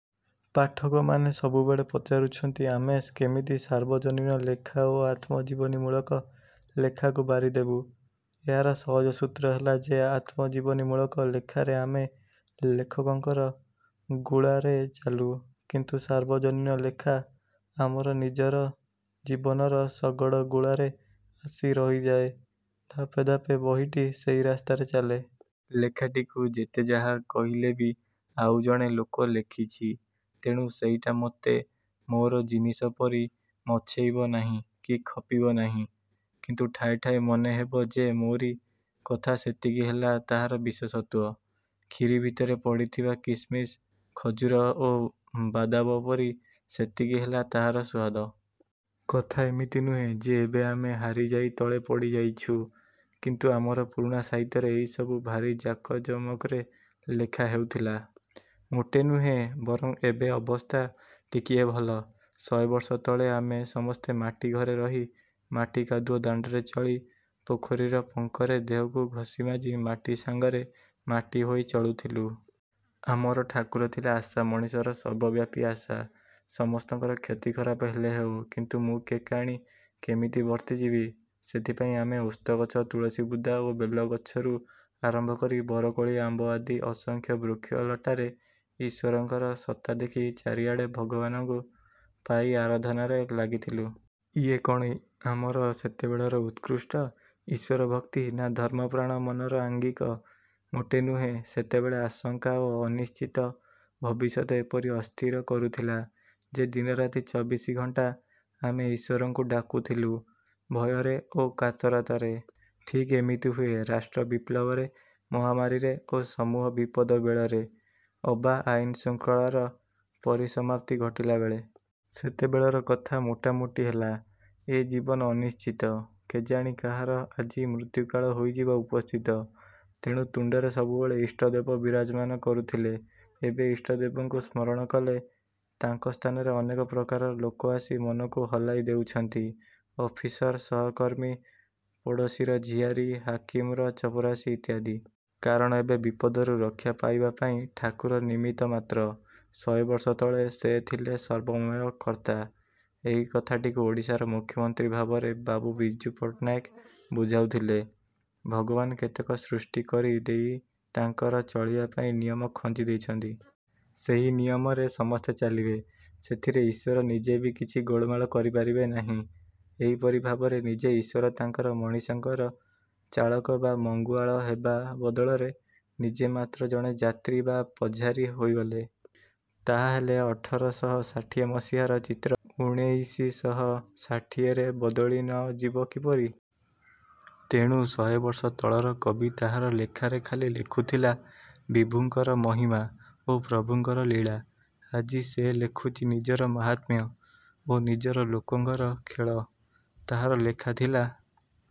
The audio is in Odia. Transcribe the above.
ପାଠକମାନେ ସବୁବେଳେ ପଚାରୁଛନ୍ତି ଆମେ କେମିତି ସାର୍ବଜନୀନ ଲେଖା ଓ ଆତ୍ମଜୀବନୀମୂଳକ ଲେଖାକୁ ବାରିଦେବୁ। ଏହାର ସହଜ ସୂତ୍ର ହେଲା ଯେ ଆତ୍ମଜୀବନୀମୂଳକ ଲେଖାରେ ଆମେ ଲେଖକଙ୍କର ଗୁଳାରେ ଚାଲୁ। କିନ୍ତୁ ସାର୍ବଜନୀନ ଲେଖା ଆମର ନିଜର ଜୀବନର ଶଗଡ଼ଗୁଳାରେ ଆସି ରହିଯାଏ। ଧାପେ ଧାପେ ବହିଟି ସେହି ରାସ୍ତାରେ ଚାଲେ। ଲେଖାଟିକୁ ଯେତେ ଯାହା କହିଲେ ବି ଆଉ ଜଣେ ଲୋକ ଲେଖିଛି। ତେଣୁ ସେଇଟା ମତେ ମୋର ଜିନିସ ପରି ମଛେଇବ ନାହିଁ କି ଖପିବ ନାହିଁ। କିନ୍ତୁ ଠାଏ ଠାଏ ମନେ ହେବ ଯେ ମୋରି କଥା ସେତିକି ହେଲା ତାହାର ବିଶେଷତ୍ୱ। ଖିରି ଭିତରେ ପଡ଼ିଥିବା କିସମିସ, ଖଜୁର ଓ ବାଦାବ ପରି ସେତିକି ହେଲା ତାହାର ସୁଆଦ। କଥା ଏମିତି ନୁହେଁ ଯେ ଏବେ ଆମେ ହାରି ଯାଇ ତଳେ ପଡ଼ିଯାଇଛୁ। କିନ୍ତୁ ଆମର ପୁରୁଣା ସାହିତ୍ୟରେ ଏହି ସବୁ ଭାରି ଜାକଜମକରେ ଲେଖା ହେଉଥିଲା। ମୋଟେ ନୁହେଁ। ବରଂ ଏବେ ଅବସ୍ଥା ଟିକିଏ ଭଲ। ଶହେବର୍ଷ ତଳେ ଆମେ ସମସ୍ତେ ମାଟି ଘରେ ରହି, ମାଟି କାଦୁଅ ଦାଣ୍ତରେ ଚଳି, ପୋଖରୀର ପଙ୍କରେ ଦେହକୁ ଘସିମାଜି, ମାଟି ସାଙ୍ଗରେ ମାଟି ହୋଇ ଚଳୁଥିଲୁ। ଆମର ଠାକୁର ଥିଲା ଆଶା ମଣିଷର ସର୍ବବ୍ୟାପୀ ଆଶା-ସମସ୍ତଙ୍କର କ୍ଷତିଖରାପ ହେଲେହେଉ। କିନ୍ତୁ ମୁଁ କେକାଣି କେମିତି ବର୍ତ୍ତିଯିବି। ସେଥିପାଇଁ ଆମେ ଓସ୍ତଗଛ, ତୁଳସି ବୁଦା, ବେଲ ଗଛରୁ ଆରମ୍ଭ କରି ବରକୋଳି ଆମ୍ୱ ଆଦି ଅସଂଖ୍ୟ ବୃକ୍ଷ ଲଟାରେ ଈଶ୍ୱରଙ୍କର ସତ୍ତା ଦେଖି ଚାରିଆଡ଼େ ଭଗବାନଙ୍କୁ ପାଇ ଆରାଧନାରେ ଲାଗିଥିଲୁ। ଇଏ କ'ଣ ଆମର ସେତେବେଳର ଉତ୍କୃଷ୍ଟ ଈଶ୍ୱରଭକ୍ତି ନା ଧର୍ମପ୍ରାଣ ମନର ଆଙ୍ଗିକ? ମୋଟେ ନୁହେଁ। ସେତେବେଳେ ଆଶଙ୍କା ଓ ଅନିଶ୍ଚିତ ଭବିଷ୍ୟତ ଏପରି ଅସ୍ଥିର କରୁଥିଲା ଯେ ଦିନରାତି ଚବିଶି ଘଣ୍ଟା ଆମେ ଈଶ୍ୱରଙ୍କୁ ଡାକୁଥିଲୁ-ଭୟରେ ଓ କାତରତାରେ। ଠିକ୍ ଏମିତି ହୁଏ ରାଷ୍ଟ୍ର ବିପ୍ଳବରେ, ମହାମାରୀରେ ଓ ସମୂହ ବିପଦ ବେଳରେ ଅବା ଆଇନ ଶୃଙ୍ଖଳାର ପରିସମାପ୍ତି ଘଟିଲା ବେଳେ। ସେତେବେଳର କଥା ମୋଟା ମୋଟି ହେଲା। ଏ ଜୀବନ ଅନିଶ୍ଚିତ କେଜାଣି କାହାର ଆଜି ମୃତ୍ୟୁକାଳ ହୋଇଯିବ ଉପସ୍ଥିତ। ତେଣୁ ତୁଣ୍ତରେ ସବୁବେଳେ ଇଷ୍ଟଦେବ ବିରାଜମାନ କରୁଥିଲେ। ଏବେ ଇଷ୍ଟଦେବଙ୍କୁ ସ୍ମରଣ କଲେ ତାଙ୍କ ସ୍ଥାନରେ ଅନେକ ପ୍ରକାରର ଲୋକ ଆସି ମନକୁ ହଲାଇ ଦେଉଛନ୍ତି-ଅଫିସର ସହକର୍ମୀ, ପଡ଼ୋଶୀର ଝିଆରୀ, ହାକିମର ଚପରାସି ଇତ୍ୟାଦି। କାରଣ ଏବେ ବିପଦରୁ ରକ୍ଷା ପାଇବା ପାଇଁ ଠାକୁର ନିମିତ୍ତ ମାତ୍ର। ଶହେବର୍ଷ ତଳେ ସେ ଥିଲେ ସର୍ବମୟ କର୍ତ୍ତା। ଏହି କଥାଟିକୁ ଓଡ଼ିଶାର ମୁଖ୍ୟମନ୍ତ୍ରୀ ଭାବରେ ବାବୁ ବିଜୁ ପଟ୍ଟନାୟକ ବୁଝାଉଥିଲେ। ଭଗବାନ କେତେକ ସୃଷ୍ଟି କରି ଦେଇ ତାଙ୍କର ଚଳିବା ପାଇଁ ନିୟମ ଖଞ୍ଜି ଦେଇଛନ୍ତି। ସେହି ନିୟମରେ ସମସ୍ତେ ଚାଲିବେ। ସେଥିରେ ଈଶ୍ୱର ନିଜେ ବି କିଛି ଗୋଳମାଳ କରିପାରିବେ ନାହିଁ। ଏହିପରି ଭାବରେ ନିଜେ ଈଶ୍ୱର ତାଙ୍କର ମଣିଷଙ୍କର ଚାଳକ ବା ମଙ୍ଗୁଆଳ ହେବା ବଦଳରେ ନିଜେ ମାତ୍ର ଜଣେ ଯାତ୍ରୀ ବା ପଝାରୀ ହୋଇଗଲେ। ତାହାହେଲେ ଅଠରଶହ ଷାଠିଏ ମସିହାର ଚିତ୍ର ଊଣେଇଶଶହ ଷାଠିଏରେ ବଦଳି ନ ଯିବ କିପରି? ତେଣୁ ଶହେବର୍ଷ ତଳର କବି ତାହାର ଲେଖାରେ ଖାଲି ଲେଖୁଥିଲା ବିଭୁଙ୍କର ମହିମା ଓ ପ୍ରଭୁଙ୍କର ଲୀଳା। ଆଜି ସେ ଲେଖୁଛି ନିଜର ମାହାତ୍ମ୍ୟ ଓ ନିଜର ଲୋକଙ୍କର ଖେଳ। ତାହାର ଲେଖା ଥିଲା